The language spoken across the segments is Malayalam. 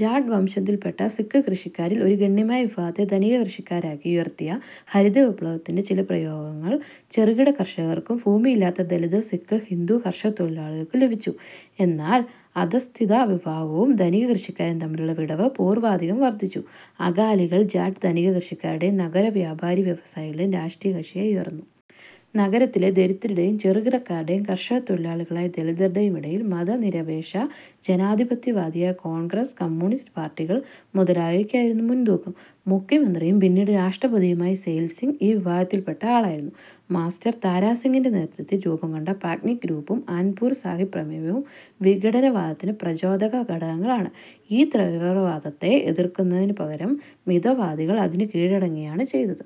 ജാട്ട് വംശത്തിൽപ്പെട്ട സിക്ക് കൃഷിക്കാരിൽ ഒരു ഗണ്യമായ വിഭാഗത്തെ ധനിക കൃഷിക്കാരാക്കി ഉയർത്തിയ ഹരിത വിപ്ലവത്തിൻ്റെ ചില പ്രയോഗങ്ങൾ ചെറുകിട കർഷകർക്കും ഭൂമിയില്ലാത്ത ദലിത് സിക്ക്, ഹിന്ദു കർഷകത്തൊഴിലാളികൾക്കും ലഭിച്ചു. എന്നാൽ അധഃസ്ഥിത വിഭാഗവും ധനിക കൃഷിക്കാരും തമ്മിലുള്ള വിടവ് പൂർവാധികം വർധിച്ചു. അകാലികൾ ജാട്ട് ധനിക കൃഷിക്കാരുടെയും നഗര വ്യാപാരി വ്യവസായികളേയും രാഷ്ട്രീയ കക്ഷിയായി ഉയർന്നു. നഗരത്തിലെ ദരിദ്രരുടെയും ചെറുകിടക്കാരുടെയും കർഷകത്തൊഴിലാളികളായ ദലിതരുടെയും ഇടയിൽ മതനിരപേക്ഷ ജനാധിപത്യവാദിയെ കോൺഗ്രസ്, കമ്യൂണിസ്റ്റ് പാർട്ടികൾ മുതലായവയ്ക്കായിരുന്നു മുൻതൂക്കം. മുഖ്യമന്ത്രിയും പിന്നീട് രാഷ്ട്രപതിയുമായ സെയിൽസിങ് ഈ വിഭാഗത്തിൽപ്പെട്ട ആളായിരുന്നു. മാസ്റ്റർ താരാസിങ്ങിൻ്റെ നേതൃത്വത്തിൽ രൂപംകൊണ്ട പാന്ഥിക് ഗ്രൂപ്പും ആനന്ദ്പുർ സാഹിബ് പ്രമേഹവും വിഘടനവാദത്തിന് പ്രചോദക ഘടകങ്ങളാണ്. ഈ തീവ്രവാദത്തെ എതിർക്കുന്നതിനുപകരം മിതവാദികൾ അതിന് കീഴടങ്ങിയാണ് ചെയ്തത്.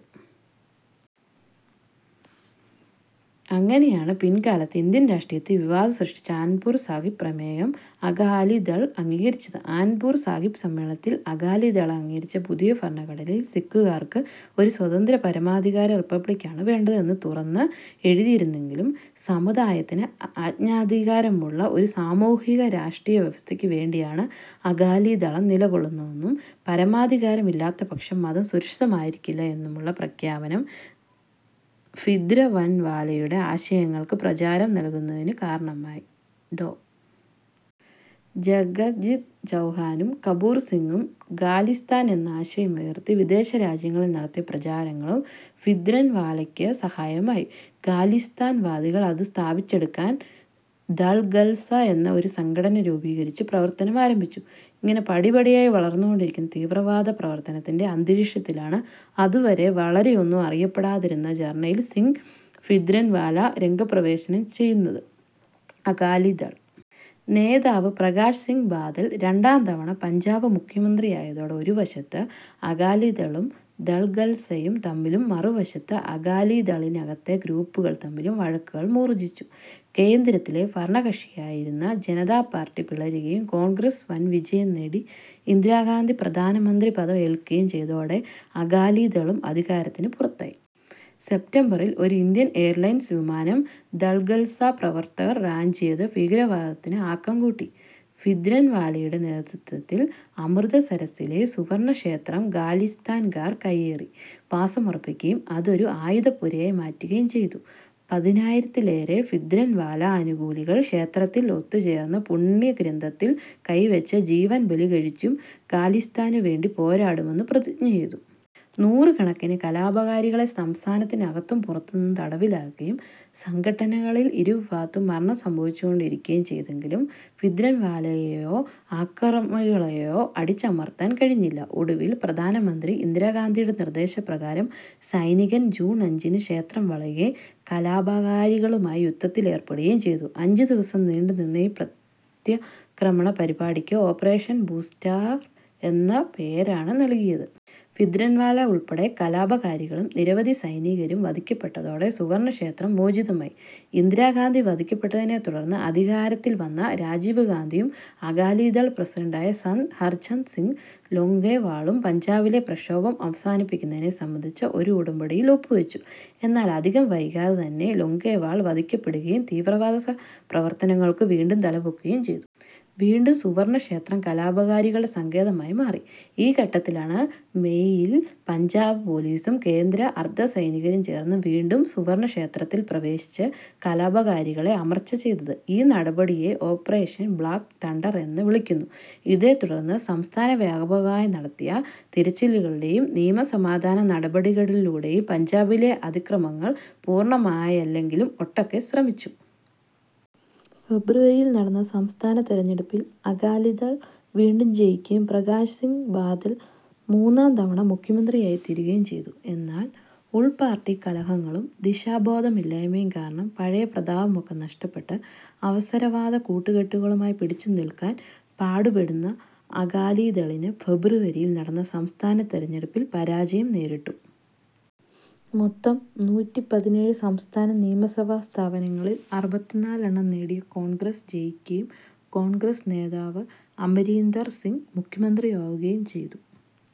അങ്ങനെയാണ് പിൽക്കാലത്ത് ഇന്ത്യൻ രാഷ്ട്രീയത്തിൽ വിവാദം സൃഷ്ടിച്ച ആനന്ദ്പുർ സാഹിബ് പ്രമേയം അകാലിദൾ അംഗീകരിച്ചത്. ആനന്ദ്പുർ സാഹിബ് സമ്മേളനത്തിൽ അകാലിദളം അംഗീകരിച്ച പുതിയ ഫരണഘടനയിൽ സിക്കുകാർക്ക് ഒരു സ്വതന്ത്ര പരമാധികാര റിപ്പബ്ലിക്കാണ് വേണ്ടത് എന്ന് തുറന്ന് എഴുതിയിരുന്നെങ്കിലും, സമുദായത്തിന് ആജ്ഞാധികാരമുള്ള ഒരു സാമൂഹിക രാഷ്ട്രീയ വ്യവസ്ഥയ്ക്കു വേണ്ടിയാണ് അകാലിദളം നിലകൊള്ളുന്നതെന്നും പരമാധികാരം ഇല്ലാത്തപക്ഷം മതം സുരക്ഷിതമായിരിക്കില്ല എന്നുമുള്ള പ്രഖ്യാപനം ഫിന്ദ്രൻവാലയുടെ ആശയങ്ങൾക്ക് പ്രചാരം നൽകുന്നതിന് കാരണമായി.ഡോ. ജഗജിത് ചൗഹാനും കപൂർ സിങ്ങും ഖാലിസ്ഥാൻ എന്ന ആശയമുയർത്തി വിദേശരാജ്യങ്ങളിൽ നടത്തിയ പ്രചാരണങ്ങളും ഭിന്ദ്രൻവാലയ്ക്ക് സഹായകമായി. ഖാലിസ്ഥാൻ വാദികൾ അതു സ്ഥാപിച്ചെടുക്കാൻ ദൾഖൽസ എന്ന ഒരു സംഘടന രൂപീകരിച്ച് പ്രവർത്തനമാരംഭിച്ചു. ഇങ്ങനെ പടിപടിയായി വളർന്നുകൊണ്ടിരുന്ന തീവ്രവാദ പ്രവർത്തനത്തിൻ്റെ അന്തരീക്ഷത്തിലാണ് അതുവരെ വളരെയൊന്നും അറിയപ്പെടാതിരുന്ന ജർണയിൽ സിങ് ഭിന്ദ്രൻവാല രംഗപ്രവേശം ചെയ്യുന്നത്. അകാലിദൾ നേതാവ് പ്രകാശ് സിങ് ബാദൽ രണ്ടാം തവണ പഞ്ചാബ് മുഖ്യമന്ത്രിയായതോടെ ഒരുവശത്ത് അകാലിദളും ദൾഖൽസയും തമ്മിലും മറുവശത്ത് അകാലിദളിനകത്തെ ഗ്രൂപ്പുകൾ തമ്മിലും വഴക്കുകൾ മൂർച്ഛിച്ചു. കേന്ദ്രത്തിലെ ഫരണകക്ഷിയായിരുന്ന ജനതാ പാർട്ടി പിളരുകയും കോൺഗ്രസ് വൻവിജയം നേടി ഇന്ദിരാഗാന്ധി പ്രധാനമന്ത്രി പദം ഏൽക്കുകയും ചെയ്തതോടെ അകാലിദളും അധികാരത്തിന് പുറത്തായി. സെപ്റ്റംബറിൽ ഒരു ഇന്ത്യൻ എയർലൈൻസ് വിമാനം ദൾഖൽസ പ്രവർത്തകർ റാഞ്ചിയത് ഫീകരവാദത്തിന് ആക്കം കൂട്ടി. ഭിന്ദ്രൻവാലയുടെ നേതൃത്വത്തിൽ അമൃതസരസ്സിലെ സുവർണക്ഷേത്രം ഖാലിസ്ഥാൻകാർ കൈയേറി വാസമുറപ്പിക്കുകയും അതൊരു ആയുധപ്പുരയായി മാറ്റുകയും ചെയ്തു. പതിനായിരത്തിലേറെ ഫിന്ദ്രൻവാല അനുകൂലികൾ ക്ഷേത്രത്തിൽ ഒത്തുചേർന്ന് പുണ്യഗ്രന്ഥത്തിൽ കൈവച്ച് ജീവൻ ബലികഴിച്ചും ഖാലിസ്ഥാനുവേണ്ടി പോരാടുമെന്നും പ്രതിജ്ഞ ചെയ്തു. നൂറുകണക്കിന് കലാപകാരികളെ സംസ്ഥാനത്തിനകത്തും പുറത്തുനിന്നും തടവിലാക്കുകയും സംഘട്ടനങ്ങളിൽ ഇരു വിഭാഗത്തും മരണം സംഭവിച്ചുകൊണ്ടിരിക്കുകയും ചെയ്തെങ്കിലും ഫിന്ദ്രവാലയെയോ അക്രമികളെയോ അടിച്ചമർത്താൻ കഴിഞ്ഞില്ല. ഒടുവിൽ പ്രധാനമന്ത്രി ഇന്ദിരാഗാന്ധിയുടെ നിർദ്ദേശപ്രകാരം സൈനികർ ജൂൺ അഞ്ചിന് ക്ഷേത്രം വളയുകയും കലാപകാരികളുമായി യുദ്ധത്തിൽ ഏർപ്പെടുകയും ചെയ്തു. അഞ്ചുദിവസം നീണ്ടുനിന്ന ഈ പ്രത്യാക്രമണ പരിപാടിക്ക് ഓപ്പറേഷൻ ബ്ലൂസ്റ്റാർ എന്ന പേരാണ് നൽകിയത്. ഫിന്ദ്രൻവാല ഉൾപ്പെടെ കലാപകാരികളും നിരവധി സൈനികരും വധിക്കപ്പെട്ടതോടെ സുവർണക്ഷേത്രം മോചിതമായി. ഇന്ദിരാഗാന്ധി വധിക്കപ്പെട്ടതിനെത്തുടർന്ന് അധികാരത്തിൽ വന്ന രാജീവ്ഗാന്ധിയും അകാലിദൾ പ്രസിഡന്റായ സന്ത് ഹർചന്ദ് സിങ് ലോംഗെവാളും പഞ്ചാബിലെ പ്രക്ഷോഭം അവസാനിപ്പിക്കുന്നതിനെ സംബന്ധിച്ച് ഒരു ഉടമ്പടിയിൽ ഒപ്പുവെച്ചു. എന്നാൽ അധികം വൈകാതെ തന്നെ ലോംഗെവാൾ വധിക്കപ്പെടുകയും തീവ്രവാദ പ്രവർത്തനങ്ങൾക്ക് വീണ്ടും തലപൊക്കുകയും ചെയ്തു. വീണ്ടും സുവർണക്ഷേത്രം കലാപകാരികളുടെ സങ്കേതമായി മാറി. ഈ ഘട്ടത്തിലാണ് മേയിൽ പഞ്ചാബ് പൊലീസും കേന്ദ്ര അർധസൈനികരും ചേർന്ന് വീണ്ടും സുവർണക്ഷേത്രത്തിൽ പ്രവേശിച്ച് കലാപകാരികളെ അമർച്ച ചെയ്തത്. ഈ നടപടിയെ ഓപ്പറേഷൻ ബ്ലാക്ക് തണ്ടർ എന്ന് വിളിക്കുന്നു. ഇതേത്തുടർന്ന് സംസ്ഥാനവ്യാപകമായി നടത്തിയ തിരച്ചിലുകളിലൂടെയും നിയമസമാധാന നടപടികളിലൂടെയും പഞ്ചാബിലെ അതിക്രമങ്ങൾ പൂർണമായല്ലെങ്കിലും ഒട്ടൊക്കെ ശമിച്ചു. ഫെബ്രുവരിയിൽ നടന്ന സംസ്ഥാന തെരഞ്ഞെടുപ്പിൽ അകാലിദൾ വീണ്ടും ജയിക്കയും പ്രകാശ് സിങ് ബാദൽ മൂന്നാം തവണ മുഖ്യമന്ത്രിയായിത്തീരുകയും ചെയ്തു. എന്നാൽ ഉൾപ്പാർട്ടി കലഹങ്ങളും ദിശാബോധമില്ലായ്മയും കാരണം പഴയ പ്രതാപമൊക്കെ നഷ്ടപ്പെട്ട് അവസരവാദ കൂട്ടുകെട്ടുകളുമായി പിടിച്ചുനിൽക്കാൻ പാടുപെടുന്ന അകാലിദളിന് ഫെബ്രുവരിയിൽ നടന്ന സംസ്ഥാന തെരഞ്ഞെടുപ്പിൽ പരാജയം നേരിട്ടു. മൊത്തം നൂറ്റിപ്പതിനേഴ് സംസ്ഥാന നിയമസഭാ സ്ഥാപനങ്ങളിൽ അറുപത്തിനാല് എണ്ണം നേടിയ കോൺഗ്രസ് ജയിക്കുകയും കോൺഗ്രസ് നേതാവ് അമരീന്ദർ സിങ് മുഖ്യമന്ത്രിയാവുകയും ചെയ്തു.